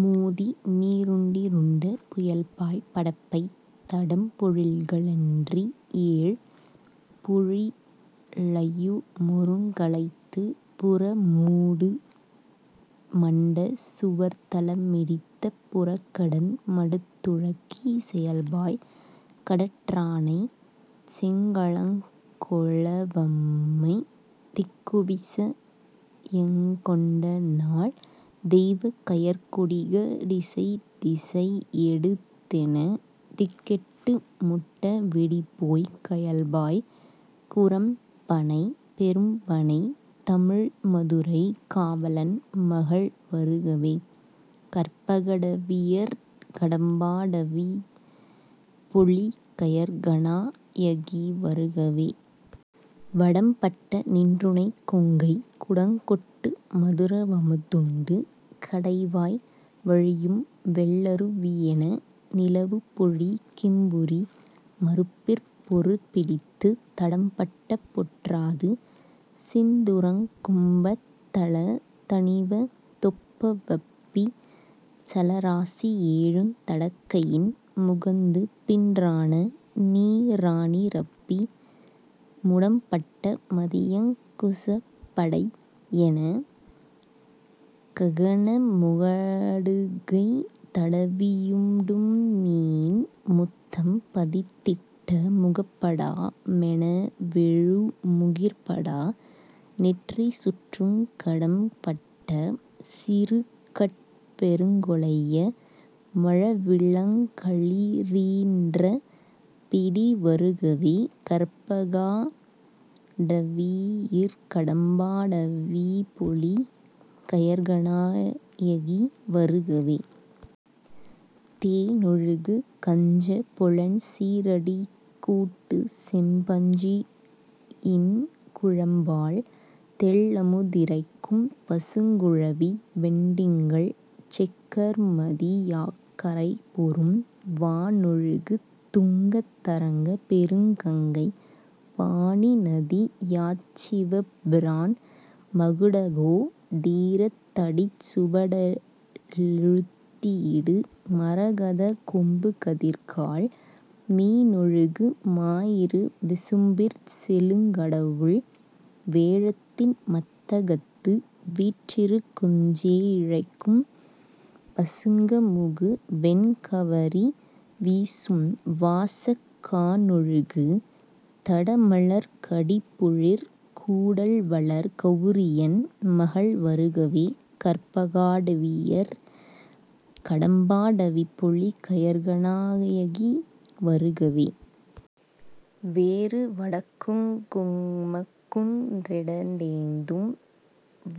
மோதிநீ ருண்டிருண்ட புயல்பாய் படப்பைத் தடம்பொழில்க ளன்றியேழ் பொழிலையு மொருங்கலைத்துப் புறமூடு மண்டச் சுவர்த்தலமிடித்தப் புறக்கடன் மடுத்துழக்கிச் செயல்பாய் கடற்றானை செங்களங் கொளவம்மை திக்குவிச யங்கொண்டநாள் தெய்வக் கயற்கொடிக டிசைதிசை யெடுத்தெனத் திக்கெட்டு முட்டவெடிபோய்க் கயல்பாய் குரம்பணை பெரும்பணைத் தமிழ்மதுரை காவலன் மகள்வருகவே கற்பகா டவியிற் கடம்பா டவிப்பொலி கயற்கணா யகிவருகவே. வடம்பட்ட நின்றுணைக் கொங்கைக் குடங்கொட்டு மதுரவமு துண்டு கடைவாய் வழியும்வெள் ளருவியென நிலவுபொழி கிம்புரி மருப்பிற் பொருபிடித்துத் தடம்பட்ட பொற்றாது சிந்துரங் கும்பத் தலத்தணிவ தொப்பவப்பிச் சலராசி யேழுந் தடக்கையின் முகந்துபின் றானநீ ரானிரப்பி முடம்பட்ட மதியங் குசப்படை யெனக்ககன முகடுகை தடவியுடுமீன் முத்தம் பதித்திட்ட முகபடா மெனவெழு முகிற்படா நெற்றிசுற்றுங் கடம்பட்ட சிறுகட் பெருங்கொலைய மழவிளங் களிறீன்ற பிடிவருகவே கற்பகா டவியிற் கடம்பா டவிப்பொலி கயற்கணா யகிவருகவே. தேனொழுகு கஞ்சப் பொலன்சீ றடிக்கூட்டு செம்பஞ்சி யின்குழம்பால் தெள்ளமு திறைக்கும் பசுங்குழவி வெண்டிங்கள் செக்கர்மதி யாக்கரைபொரும் வானொழுகு துங்கத் தரங்கப் பெருங்கங்கை வாணிநதி யாச்சிவபிரான் மகுடகோ டீரத் தடிச்சுவ டழுத்தியிடு மரகதக் கொம்புகதிர்கால் மீனொழுகு மாயிரு விசும்பிற் செலுங்கடவுள் வேழத்தின் மத்தகத்து வீற்றிருக் குஞ்சே யிழைக்கும் பசுங்கமுகு வெண்கவரி வீசும் வாசக் கானொழுகு தடமலர்க் கடிபொழிற் கூடல்வளர் கவுரியன் மகள்வருகவே கற்பகா டவியிற் கடம்பா டவிப்பொலி கயற்கணா யகிவருகவே. வேறு வடக்குங் குமக்குன் றிரண்டேந்தும்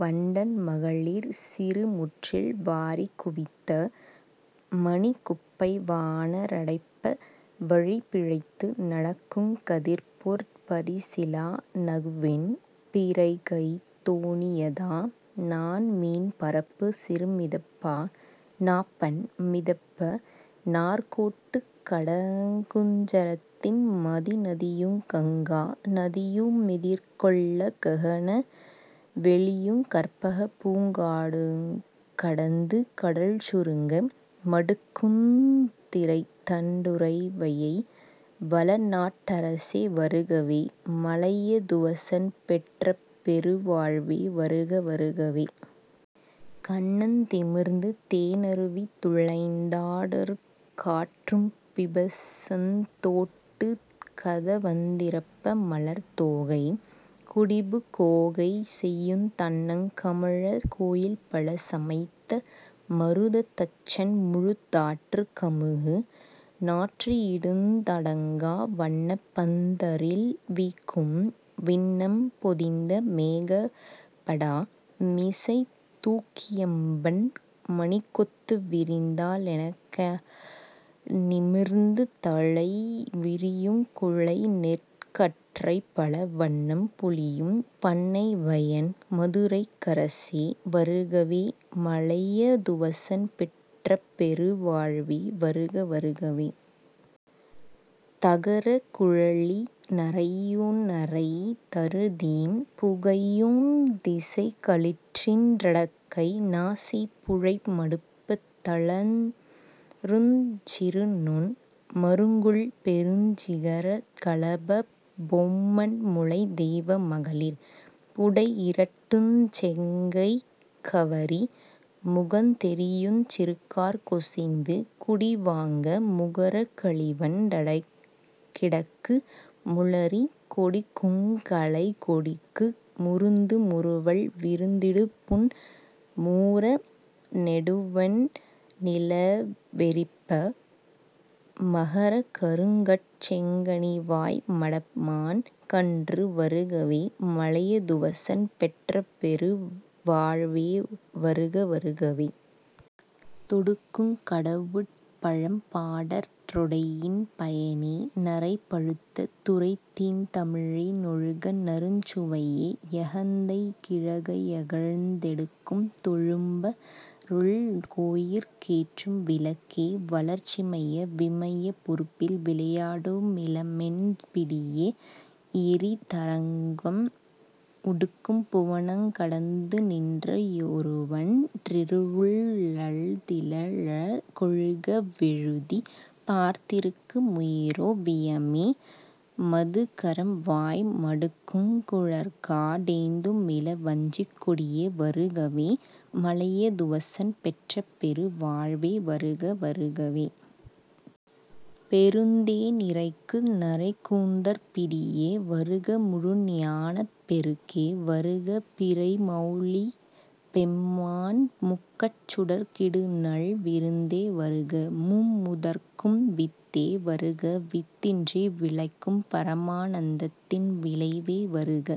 வண்டன் மகளிர் சிறுமுற்றில் வாரிக் குவித்த மணிக்குப்பை வானா றடைப்ப வழிபிழைத்து நடக்குங் கதிர்பொற் பரிசிலா நகுவெண் பிறைகைத் தோணியதா நாண்மீன் பரப்புச் சிறுமிதப்பா நாப்பண் மிதப்ப நாற்கோட்டுக் கடக்குஞ் சரத்தின் மதிநதியுங் கங்கா நதியு மெதிர்கொள்ளக் ககன வெளியுங் கற்பகப்பூங் காடுங் கடந்து கடல்சுருங்க மடுக்குந் திரைத்தண் டுறைவையை வளநாட் டரசே வருகவே மலையத் துவசன் பெற்றபெரு வாழ்வே வருக வருகவே. கண்ணந் திமிர்ந்து தேனருவி துளைந்தா டறுகாற் றும்பிபசுந் தோட்டுக் கதவந்திறப்ப மலர்த் தோகை குடிபுக் கோகைசெயுந் தண்ணங் கமலக் கோயில்பல சமைத்த மருதத் தச்சன்முழு தாற்றுக் கமுகு நாற்றியிடுந் தடங்கா வணப்பந் தரில்வீக்கும் விண்ணம் பொதிந்த மேகபடா மிசைத்தூக் கியம்பன் மணிக்கொத்து விரிந்தா லெனக்கா னிமிர்ந்துதலை விரியுங் குலைநெற் கற்றைபல வண்ணம் பொலியும் பண்ணைவயன் மதுரைக் கரசே வருகவே மலையத் துவசன் பெற்றபெரு வாழ்வே வருக வருகவே. தகரக் குழலி னறையுநறை தருதீம் புகையுந் திசைக்களிற்றின் றடக்கை நாசிப் புழைமடுப்பத் தளருஞ் சிறுநுண் மருங்குல்பெருஞ் சிகரக் களபப் பொம்மன்முலைத் தெய்வ மகளிர் புடையிரட்டுஞ் செங்கைக் கவரி முகந்தெறியுஞ் சிறுகாற் கொசிந்து குடிவாங்க முகரக் களிவண் டடைகிடக்கு முளரிக் கொடிக்குங் கலைக்கொடிக்கு முருந்து முறுவல் விருந்திடுபுன் மூர னெடுவெண் ணிலவெறிப்ப மகரக் கருங்கட் செங்கனிவாய் மடமான் கன்று வருகவே மலையத் துவசன் பெற்றபெரு வாழ்வே வருக வருகவே. தொடுக்குங் கடவுட் பழம்பாடற் றொடையின் பயனே நறைபழுத்த துறைத்தீந் தமிழி னொழுகுநறுஞ் சுவையே யகந்தைக் கிழங்கையகழ்ந் தெடுக்கும் தொழும்ப ருளக்கோயிற் கேற்றும் விளக்கே வளர்சிமய விமயப் பொருப்பில் விளையாடு மிளமென் பிடியே யெறிதரங்கம் உடுக்கும் புவனங் கடந்துநின்ற வொருவன் றிருவுள் ளத்திலழ கொழுக வெழுதிப் பார்த்திருக்கு முயிறோ வியமே மதுகரம்வாய் மடுக்குங் குழற்கா டேந்துமிள வஞ்சிக்கொடியே வருகவே மலையத் துவசன் பெற்றபெரு வாழ்வே வருக வருகவே. பெருந்தே னிறைக்கு நறைக்கூந்தற் பிடியே வருக முழுஞானப் பெருக்கே வருக பிறைமௌலிப் பெம்மான் முக்கட் சுடர்க்கிடுநல் விருந்தே வருக மும்முதற்கும் வித்தே வருக வித்தின்றி விளைக்கும் பரமா னந்தத்தின் விளைவே வருக